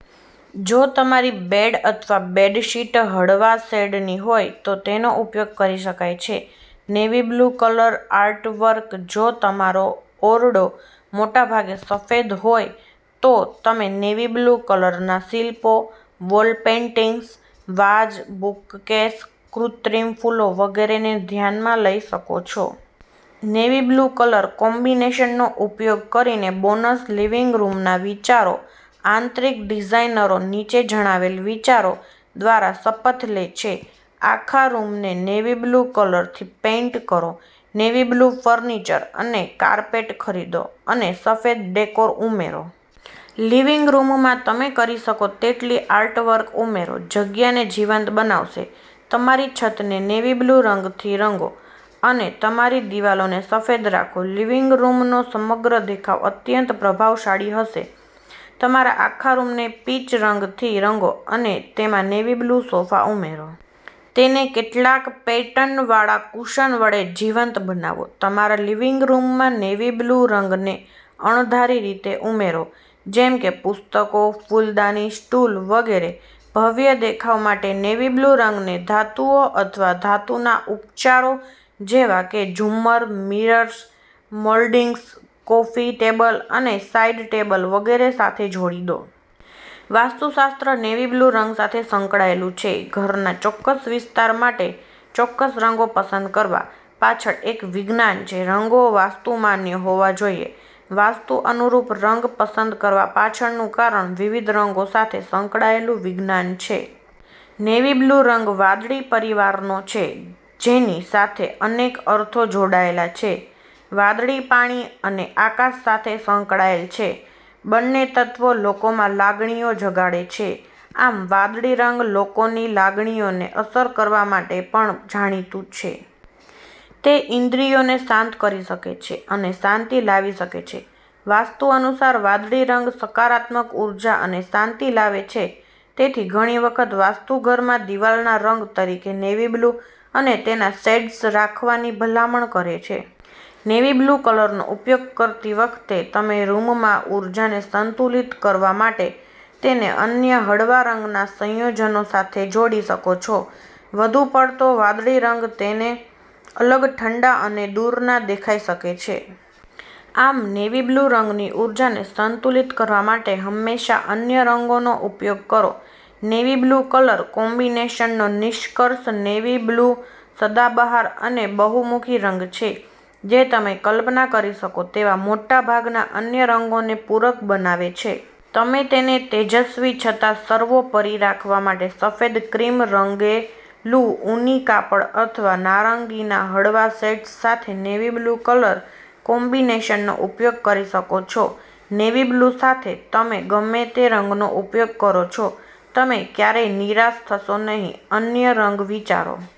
જો તમારી બેડ અથવા બેડશીટ હળવા શેડની હોય તો તેનો ઉપયોગ કરી શકાય છે. નેવી-બ્લુ કલર આર્ટવર્ક જો તમારો ઓરડો મોટાભાગે સફેદ હોય, તો તમે નેવી-બ્લુ કલરનાં શિલ્પો, વોલ પેઈન્ટિંગ્સ, વાઝ, બુકકેસ, કૃત્રિમ ફૂલો વગેરેને ધ્યાનમાં લઈ શકો છો. નેવી-બ્લુ કલર કોમ્બિનેશનનો ઉપયોગ કરીને બોનસ લિવિંગ રૂમના વિચારો આંતરિક ડિઝાઇનરો નીચે જણાવેલ વિચારો દ્વારા શપથ લે છે. આખા રૂમને નેવી-બ્લુ કલરથી પેઈન્ટ કરો, નેવી-બ્લુ ફર્નિચર અને કાર્પેટ ખરીદો અને સફેદ ડેકોર ઉમેરો. લિવિંગ રૂમમાં તમે કરી શકો તેટલી આર્ટવર્ક ઉમેરો. જગ્યાને જીવંત બનાવશે. તમારી છતને નેવી-બ્લુ રંગથી રંગો અને તમારી દિવાલોને સફેદ રાખો. લિવિંગ રૂમનો સમગ્ર દેખાવ અત્યંત પ્રભાવશાળી હશે. તમારા આખા રૂમને પીચ રંગથી રંગો અને તેમાં નેવી-બ્લુ સોફા ઉમેરો. તેને કેટલાક પેટર્નવાળા કુશન વડે જીવંત બનાવો. તમારા લિવિંગ રૂમમાં નેવી-બ્લુ રંગને અણધારી રીતે ઉમેરો, જેમ કે પુસ્તકો, ફૂલદાની, સ્ટૂલ વગેરે. ભવ્ય દેખાવ માટે, નેવી-બ્લુ રંગને ધાતુઓ અથવા ધાતુના ઉચ્ચારો જેવા કે ઝુમ્મર, મિરર્સ, મોલ્ડિંગ્સ, કોફી ટેબલ અને સાઇડ ટેબલ વગેરે સાથે જોડી દો. વાસ્તુશાસ્ત્ર નેવી બ્લુ રંગ સાથે સંકળાયેલું છે ઘરના ચોક્કસ વિસ્તાર માટે ચોક્કસ રંગો પસંદ કરવા પાછળ એક વિજ્ઞાન છે. રંગો વાસ્તુ માન્ય હોવા જોઈએ. વાસ્તુ અનુરૂપ રંગ પસંદ કરવા પાછળનું કારણ વિવિધ રંગો સાથે સંકળાયેલું વિજ્ઞાન છે. નેવી બ્લુ રંગ વાદળી પરિવારનો છે, જેની સાથે અનેક અર્થો જોડાયેલા છે. વાદળી પાણી અને આકાશ સાથે સંકળાયેલ છે. બંને તત્વો લોકોમાં લાગણીઓ જગાડે છે. આમ વાદળી રંગ લોકોની લાગણીઓને અસર કરવા માટે પણ જાણીતું છે. તે ઇન્દ્રિયોને શાંત કરી શકે છે અને શાંતિ લાવી શકે છે. વાસ્તુ અનુસાર વાદળી રંગ સકારાત્મક ઉર્જા અને શાંતિ લાવે છે. તેથી ઘણી વખત, વાસ્તુ ઘરમાં દિવાલના રંગ તરીકે નેવી બ્લુ અને તેના શેડ્સ રાખવાની ભલામણ કરે છે. નેવી બ્લુ કલરનો ઉપયોગ કરતી વખતે, તમે રૂમમાં ઊર્જાને સંતુલિત કરવા માટે તેને અન્ય હળવા રંગના સંયોજનો સાથે જોડી શકો છો. વધુ પડતો વાદળી રંગ તેને અલગ, ઠંડા અને દૂરના દેખાઈ શકે છે. આમ નેવી બ્લુ રંગની ઊર્જાને સંતુલિત કરવા માટે હંમેશા અન્ય રંગોનો ઉપયોગ કરો. નેવી બ્લુ કલર કોમ્બિનેશનનો નિષ્કર્ષ નેવી-બ્લુસદાબહાર અને બહુમુખી રંગ છે જે તમે કલ્પના કરી શકો તેવા મોટાભાગના અન્ય રંગોને પૂરક બનાવે છે. તમે તેને તેજસ્વી છતાં સર્વોપરી રાખવા માટે સફેદ, ક્રીમ, રંગેલું ઊની કાપડ અથવા નારંગીના હળવા શેડ્સ સાથે નેવી-બ્લુ કલર કોમ્બિનેશનનો ઉપયોગ કરી શકો છો. નેવી-બ્લુ સાથે તમે ગમે તે રંગનો ઉપયોગ કરો છો, તમે ક્યારેય નિરાશ થશો નહીં. અન્ય રંગ વિચારો.